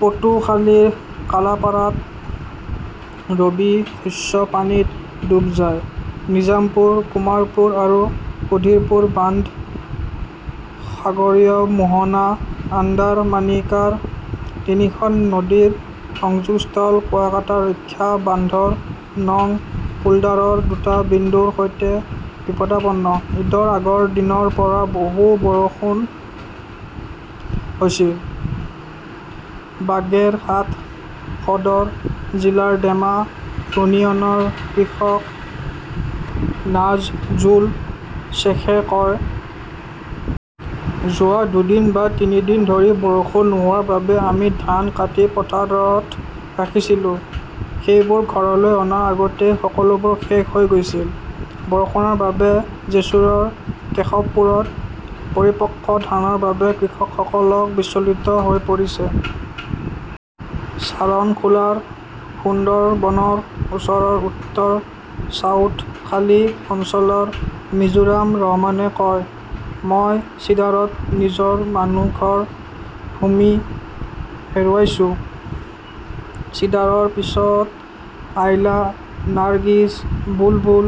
পটুখালিৰ কালাপাড়াত ৰবি শস্য পানীত ডুব যায়। নিজামপুৰ, কোমাৰপুৰ আৰু সুধীৰপুৰ বান্ধ, সাগৰীয় মোহনা আণ্ডাৰমানিকাৰ তিনিখন নদীৰ সংযোগস্থল, কুৱাকাটা ৰক্ষা বান্ধৰ নং পোল্ডাৰৰ দুটা বিন্দুৰ সৈতে বিপদাপন্ন। "ঈদৰ আগৰ দিনৰ পৰা বহু বৰষুণ হৈছিল", বাগেৰহাট সদৰ জিলাৰ ডেমা ইউনিয়নৰ কৃষক নাজজুল শ্বেখে কয়। যোৱা দুদিন বা তিনি দিন ধৰি বৰষুণ নোহোৱাৰ বাবে আমি ধান কাটি পথাৰত ৰাখিছিলোঁ। সেইবোৰ ঘৰলৈ অনাৰ আগতেই সকলোবোৰ শেষ হৈ গৈছিল। "বৰষুণৰ বাবে জেছুৰৰ কেশৱপুৰত পৰিপক্ক ধানৰ বাবে কৃষকসকল বিচলিত হৈ পৰিছে। ছাৰণখোলাৰ সুন্দৰবনৰ ওচৰৰ উত্তৰ চাউথখালী অঞ্চলৰ মিজোৰাম ৰহমানে কয়, "মই চিডাৰত নিজৰ মানুহ, ঘৰ, ভূমি হেৰুৱাইছো। চিডাৰৰ পিছত আইলা, নাৰ্গিছ, বুলবুল,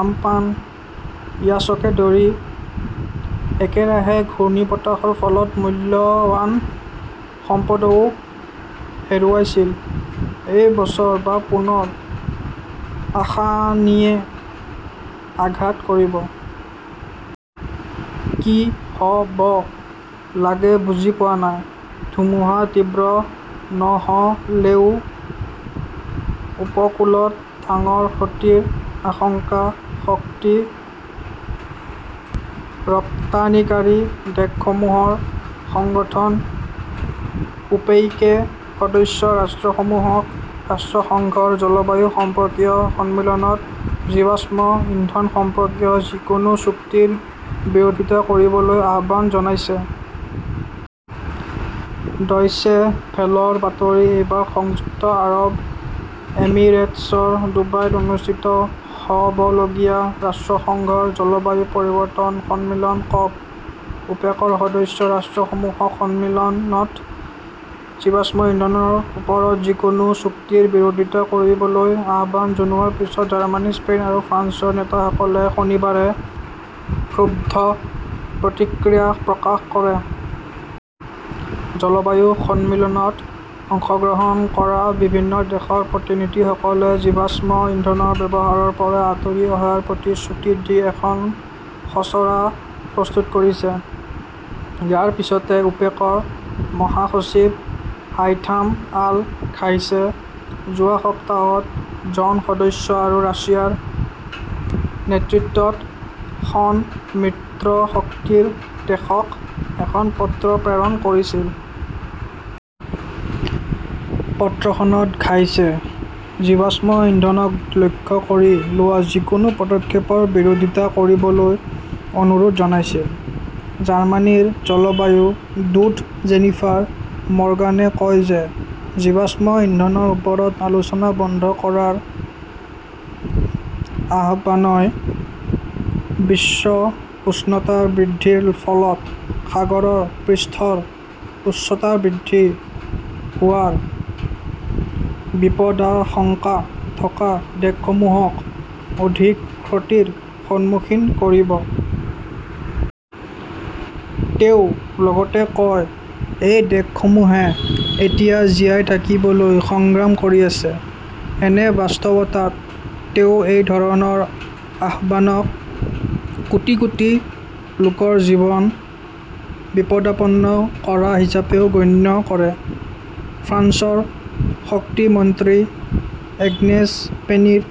আম্পান, ইয়াছকে ধৰি একেৰাহে ঘূৰ্ণীবতাহৰ ফলত মূল্যৱান সম্পদও হেৰুৱাইছিল। এই বছৰ বা পুনৰ আসানীয়ে আঘাত কৰিব। কি হ "ব লাগে বুজি পোৱা নাই। '। ধুমুহা তীব্ৰ নহ "লেও উপকূলত ডাঙৰ ক্ষতিৰ আশংকা শক্তি ৰপ্তানিকাৰী দেশসমূহৰ সংগঠন ওপেইকে সদস্য ৰাষ্ট্ৰসমূহক ৰাষ্ট্ৰসংঘৰ জলবায়ু সম্পৰ্কীয় সন্মিলনত জীৱাশ্ম ইন্ধন সম্পৰ্কীয় যিকোনো চুক্তিৰ বিৰোধিতা কৰিবলৈ আহ্বান জনাইছে। ডয়চে ভেলৰ বাতৰি এইবাৰ সংযুক্ত আৰৱ এমিৰেটছৰ ডুবাইত অনুষ্ঠিত হ "বলগীয়া ৰাষ্ট্ৰসংঘৰ জলবায়ু পৰিৱৰ্তন সন্মিলন কপ-। ওপেকৰ সদস্য ৰাষ্ট্ৰসমূহক সন্মিলনত জীৱাশ্ম ইন্ধনৰ ওপৰত যিকোনো চুক্তিৰ বিৰোধিতা কৰিবলৈ আহ্বান জনোৱাৰ পিছত, জাৰ্মানী, স্পেইন আৰু ফ্ৰান্সৰ নেতাসকলে শনিবাৰে ক্ষুব্ধ প্ৰতিক্ৰিয়া প্ৰকাশ কৰে। জলবায়ু সন্মিলনত অংশগ্ৰহণ কৰা বিভিন্ন দেশৰ প্ৰতিনিধিসকলে জীৱাশ্ম ইন্ধনৰ ব্যৱহাৰৰ পৰা আঁতৰি অহাৰ প্ৰতিশ্ৰুতি দি এখন খচৰা প্ৰস্তুত কৰিছে। ইয়াৰ পিছতে ওপেকৰ মহাসচিব হাইথাম আল ঘাইছে যোৱা সপ্তাহত জন সদস্য আৰু ৰাছিয়াৰ নেতৃত্বত খন মিত্ৰশক্তিৰ দেশক এখন পত্ৰ প্ৰেৰণ কৰিছিল। পত্ৰখনত ঘাইছে 'জীৱাশ্ম ইন্ধনক লক্ষ্য কৰি লোৱা যিকোনো পদক্ষেপৰ বিৰোধিতা কৰিবলৈ "অনুৰোধ জনাইছিল। জাৰ্মানীৰ জলবায়ু দূত জেনিফাৰ মৰ্গানে কয় যে জীৱাশ্ম ইন্ধনৰ ওপৰত আলোচনা বন্ধ কৰাৰ আহ্বানই বিশ্ব উষ্ণতা বৃদ্ধিৰ ফলত সাগৰৰ পৃষ্ঠৰ উচ্চতা বৃদ্ধি হোৱাৰ বিপদাশংকা থকা দেশসমূহক অধিক ক্ষতিৰ সন্মুখীন কৰিব। তেওঁ লগতে কয়, "এই দেশসমূহে এতিয়া জীয়াই থাকিবলৈ সংগ্ৰাম কৰি আছে। "এনে বাস্তৱতাত, তেওঁ এই ধৰণৰ আহ্বানক কোটি কোটি লোকৰ জীৱন বিপদাপন্ন কৰা হিচাপেও গণ্য কৰে। ফ্ৰান্সৰ শক্তি মন্ত্ৰী এগ্নেছ পেনিৰ